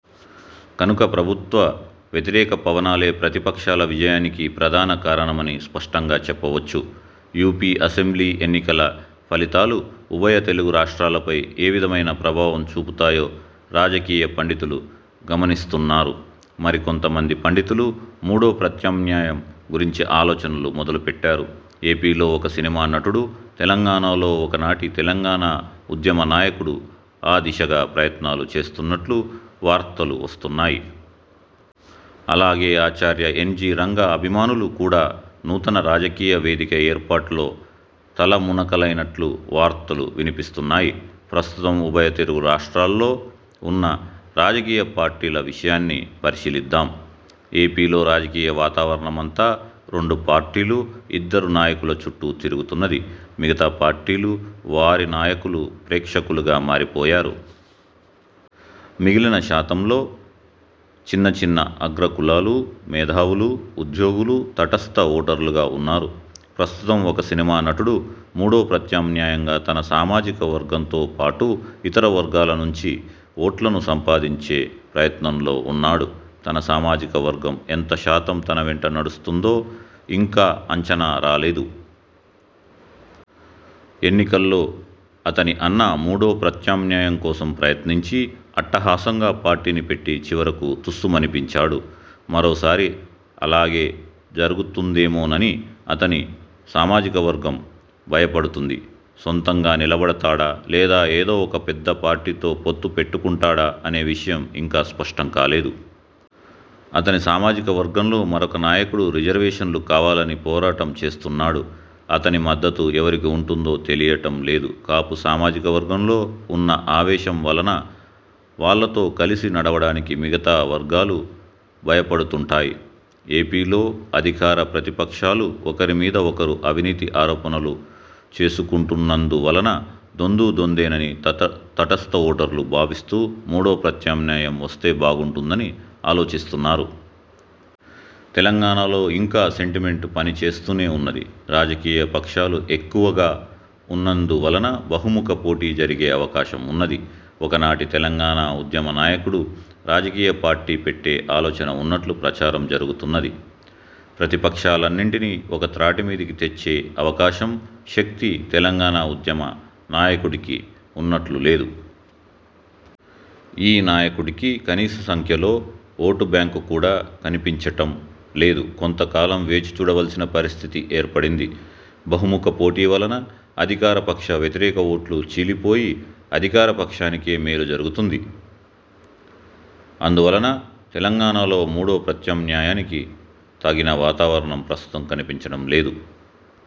కనుక ప్రభుత్వ వ్యతిరేక పవనాలే ప్రతిపక్షాల విజయానికి ప్రధాన కారణమని స్పష్టంగా చెప్పవచ్చు. యూపీ అసెంబ్లీ ఎన్నికల ఫలితాలు ఉభయ తెలుగు రాష్ట్రాలపై ఏవిధమైన ప్రభావం చూపుతాయో రాజకీయ పండితులు గమనిస్తున్నారు. మరికొంత మంది పండితులు మూడో ప్రత్యామ్నాయం గురించి ఆలోచనలు మొదలుపెట్టారు. ఏపీలో ఒక సినిమా నటుడు, తెలంగాణలో ఒకనాటి తెలంగాణ ఉద్యమ నాయకుడు ఆ దిశగా ప్రయత్నాలు చేస్తున్నట్లు వార్తలు వస్తున్నాయి. అలాగే ఆచార్య ఎన్. జి. రంగా అభిమానులు కూడా నూతన రాజకీయ వేదిక ఏర్పాటులో తలమునకలైనట్లు వార్తలు వినిపిస్తున్నాయి. ప్రస్తుతం ఉభయ తెలుగు రాష్ట్రాల్లో ఉన్న రాజకీయ పార్టీల విషయాన్ని పరిశీలిద్దాం. ఏపీలో రాజకీయ వాతావరణమంతా రెండు పార్టీలు, ఇద్దరు నాయకుల చుట్టూ తిరుగుతున్నది. మిగతా పార్టీలు, వారి నాయకులు ప్రేక్షకులుగా మారిపోయారు. మిగిలిన శాతంలో చిన్న చిన్న అగ్రకులాలు, మేధావులు, ఉద్యోగులు తటస్థ ఓటర్లుగా ఉన్నారు. ప్రస్తుతం ఒక సినిమా నటుడు మూడో ప్రత్యామ్నాయంగా తన సామాజిక వర్గంతో పాటు ఇతర వర్గాల నుంచి ఓట్లను సంపాదించే ప్రయత్నంలో ఉన్నాడు. తన సామాజిక వర్గం ఎంత శాతం తన వెంట నడుస్తుందో ఇంకా అంచనా రాలేదు. ఎన్నికల్లో అతని అన్న మూడో ప్రత్యామ్నాయం కోసం ప్రయత్నించి అట్టహాసంగా పార్టీని పెట్టి చివరకు తుస్సుమనిపించాడు. మరోసారి అలాగే జరుగుతుందేమోనని అతని సామాజిక వర్గం భయపడుతుంది. సొంతంగా నిలబడతాడా లేక ఏదో ఒక పెద్ద పార్టీతో పొత్తు పెట్టుకుంటాడా అనే విషయం ఇంకా స్పష్టం కాలేదు. అతని సామాజిక వర్గంలో మరొక నాయకుడు రిజర్వేషన్లు కావాలని పోరాటం చేస్తున్నాడు. అతని మద్దతు ఎవరికి ఉంటుందో తెలియటం లేదు. కాపు సామాజిక వర్గంలో ఉన్న ఆవేశం వలన వాళ్ళతో కలిసి నడవటానికి మిగతా వర్గాలు భయపడుతుంటాయి. ఏపీలో అధికార, ప్రతిపక్షాలు ఒకరి మీద ఒకరు అవినీతి ఆరోపణలు చేసుకుంటున్నందు వలన దొందూ దొందేనని తటస్థ ఓటర్లు భావిస్తూ మూడో ప్రత్యామ్నాయం వస్తే బాగుంటుందని ఆలోచిస్తున్నారు. తెలంగాణలో ఇంకా సెంటిమెంటు పనిచేస్తూనే ఉన్నది. రాజకీయ పక్షాలు ఎక్కువగా ఉన్నందువలన బహుముఖ పోటీ జరిగే అవకాశం ఉన్నది. ఒకనాటి తెలంగాణ ఉద్యమ నాయకుడు రాజకీయ పార్టీ పెట్టే ఆలోచన ఉన్నట్లు ప్రచారం జరుగుతున్నది. ప్రతిపక్షాలన్నింటిని ఒక త్రాటి మీదకు తెచ్చే అవకాశం, శక్తి తెలంగాణ ఉద్యమ నాయకుడికి ఉన్నట్లు లేదు. ఈ నాయకుడికి కనీస సంఖ్యలో ఓటు బ్యాంకు కూడా కనిపించటం లేదు. కొంత కాలం వేచి చూడవలసిన పరిస్థితి ఏర్పడింది. బహుముఖ పోటీ వలన అధికారపక్ష వ్యతిరేక ఓట్లు చీలిపోయి అధికార పక్షానికే మేలు జరుగుతుంది. అందువలన తెలంగాణలో మూడో ప్రత్యామ్నాయానికి తగిన వాతావరణం ప్రస్తుతం కనిపించటం లేదు.